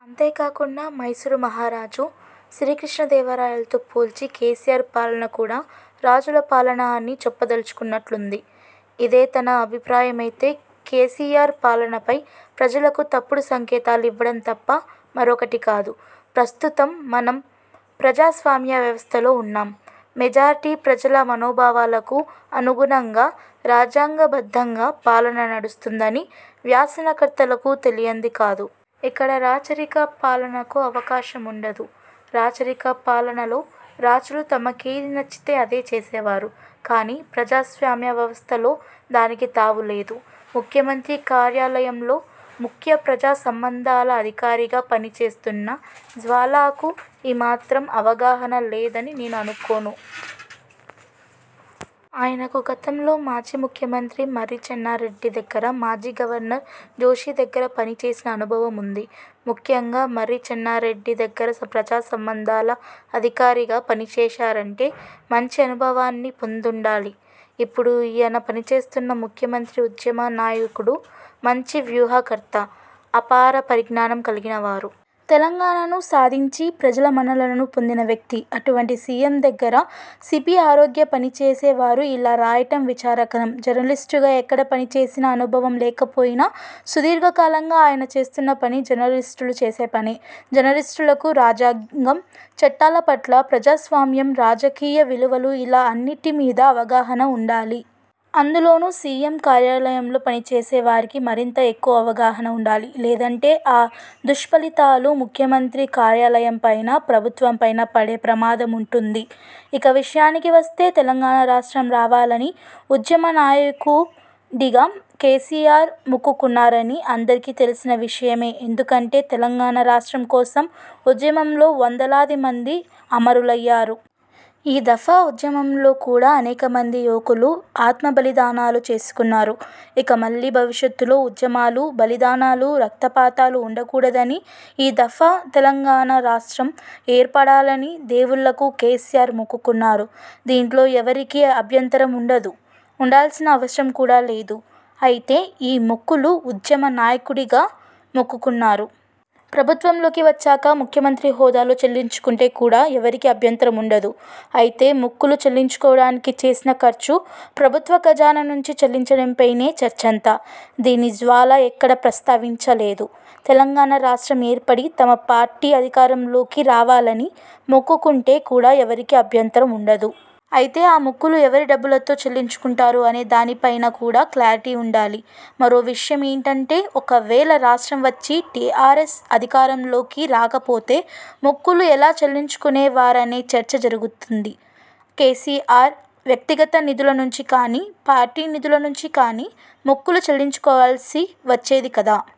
అంతే కాకుండా మైసూర్ మహారాజు, శ్రీకృష్ణ దేవరాయలతో పోల్చి కేసీఆర్ పాలన కూడా రాజుల పాలన అని చెప్పదలుచుకున్నట్లుంది. ఇదే తన అభిప్రాయమైతే కేసీఆర్ పాలనపై ప్రజలకు తప్పుడు సంకేతాలు ఇవ్వడం తప్ప మరొకటి కాదు. ప్రస్తుతం మనం ప్రజాస్వామ్య వ్యవస్థలో ఉన్నాం. మెజార్టీ ప్రజల మనోభావాలకు అనుగుణంగా రాజ్యాంగబద్ధంగా పాలన నడుస్తుందని వ్యాసకర్తకు తెలియంది కాదు. ఇక్కడ రాచరిక పాలనకు అవకాశం ఉండదు. రాచరిక పాలనలో రాజులు తమకేది నచ్చితే అదే చేసేవారు. కానీ ప్రజాస్వామ్య వ్యవస్థలో దానికి తావు లేదు. ముఖ్యమంత్రి కార్యాలయంలో ముఖ్య ప్రజా సంబంధాల అధికారిగా పని చేస్తున్న జ్వాలాకు ఈ మాత్రం అవగాహన లేదని నేను అనుకోను. ఆయనకు గతంలో మాజీ ముఖ్యమంత్రి మర్రి చెన్నారెడ్డి దగ్గర, మాజీ గవర్నర్ జోషి దగ్గర పని చేసిన అనుభవం ఉంది. ముఖ్యంగా మర్రి చెన్నారెడ్డి దగ్గర ప్రజాసంబంధాల అధికారిగా పనిచేశారంటే మంచి అనుభవాన్ని పొందుండాలి. ఇప్పుడు ఈయన పనిచేస్తున్న ముఖ్యమంత్రి ఉద్యమ నాయకుడు, మంచి వ్యూహకర్త, అపార పరిజ్ఞానం కలిగినవారు. తెలంగాణను సాధించి ప్రజల మన్ననలను పొందిన వ్యక్తి. అటువంటి సీఎం దగ్గర సీపీఆర్వోగా పనిచేసే వారు ఇలా రాయటం విచారకరం. జర్నలిస్టుగా ఎక్కడా పనిచేసిన అనుభవం లేకపోయినా, సుదీర్ఘకాలంగా ఆయన చేస్తున్న పని జర్నలిస్టులు చేసే పనే. జర్నలిస్టులకు రాజ్యాంగం, చట్టాల పట్లా, ప్రజాస్వామ్యం, రాజకీయ విలువలు ఇలా అన్నింటి మీద అవగాహన ఉండాలి. అందులోనూ సీఎం కార్యాలయంలో పనిచేసే వారికి మరింత ఎక్కువ అవగాహన ఉండాలి. లేదంటే ఆ దుష్ఫలితాలు ముఖ్యమంత్రి కార్యాలయంపైనా, ప్రభుత్వంపైనా పడే ప్రమాదముంటుంది. ఇక విషయానికి వస్తే తెలంగాణ రాష్ట్రం రావాలని ఉద్యమ నాయకు డిగా కేసీఆర్ మొక్కుకున్నారని అందరికీ తెలిసిన విషయమే. ఎందుకంటే తెలంగాణ రాష్ట్రం కోసం ఉద్యమంలో వందలాది మంది అమరులయ్యారు. ఈ దఫా ఉద్యమంలో కూడా అనేక మంది యువకులు ఆత్మబలిదానాలు చేసుకున్నారు. ఇక మళ్లీ భవిష్యత్తులో ఉద్యమాలు, బలిదానాలు, రక్తపాతాలు ఉండకూడదని ఈ ధఫా తెలంగాణ రాష్ట్రం ఏర్పడాలని దేవుళ్లకు కేసీఆర్ మొక్కుకున్నారు. దీంట్లో ఎవరికీ అభ్యంతరం ఉండదూ, ఉండాల్సిన అవసరం కూడా లేదు. అయితే ఈ మొక్కులు ఉద్యమ నాయకుడిగా మొక్కుకున్నారు. ప్రభుత్వంలోకి వచ్చాక ముఖ్యమంత్రి హోదాలో చెల్లించుకుంటే కూడా ఎవరికీ అభ్యంతరం ఉండదు. అయితే మొక్కులు చెల్లించుకోవడానికి చేసిన ఖర్చు ప్రభుత్వ ఖజానా నుంచి చెల్లించడంపైనే చర్చంతా. దీన్ని జ్వాలా ఎక్కడా ప్రస్తావించలేదు. తెలంగాణ రాష్ట్రం ఏర్పడి తమ పార్టీ అధికారంలోకి రావాలని మొక్కుకుంటే కూడా ఎవరికీ అభ్యంతరం ఉండదు. అయితే ఆ మొక్కులు ఎవరి డబ్బులతో చెల్లించుకుంటారు అనే దానిపై కూడా క్లారిటీ ఉండాలి. మరో విషయం ఏంటంటే, ఒకవేళ రాష్ట్రం వచ్చి టీఆర్ఎస్ అధికారంలోకి రాకపోతే మొక్కులు ఎలా చెల్లించుకునే వారనే చర్చ జరుగుతుంది. కేసీఆర్ వ్యక్తిగత నిధుల నుంచి కానీ, పార్టీ నిధుల నుంచి కానీ మొక్కులు చెల్లించుకోవాల్సి వచ్చేది కదా?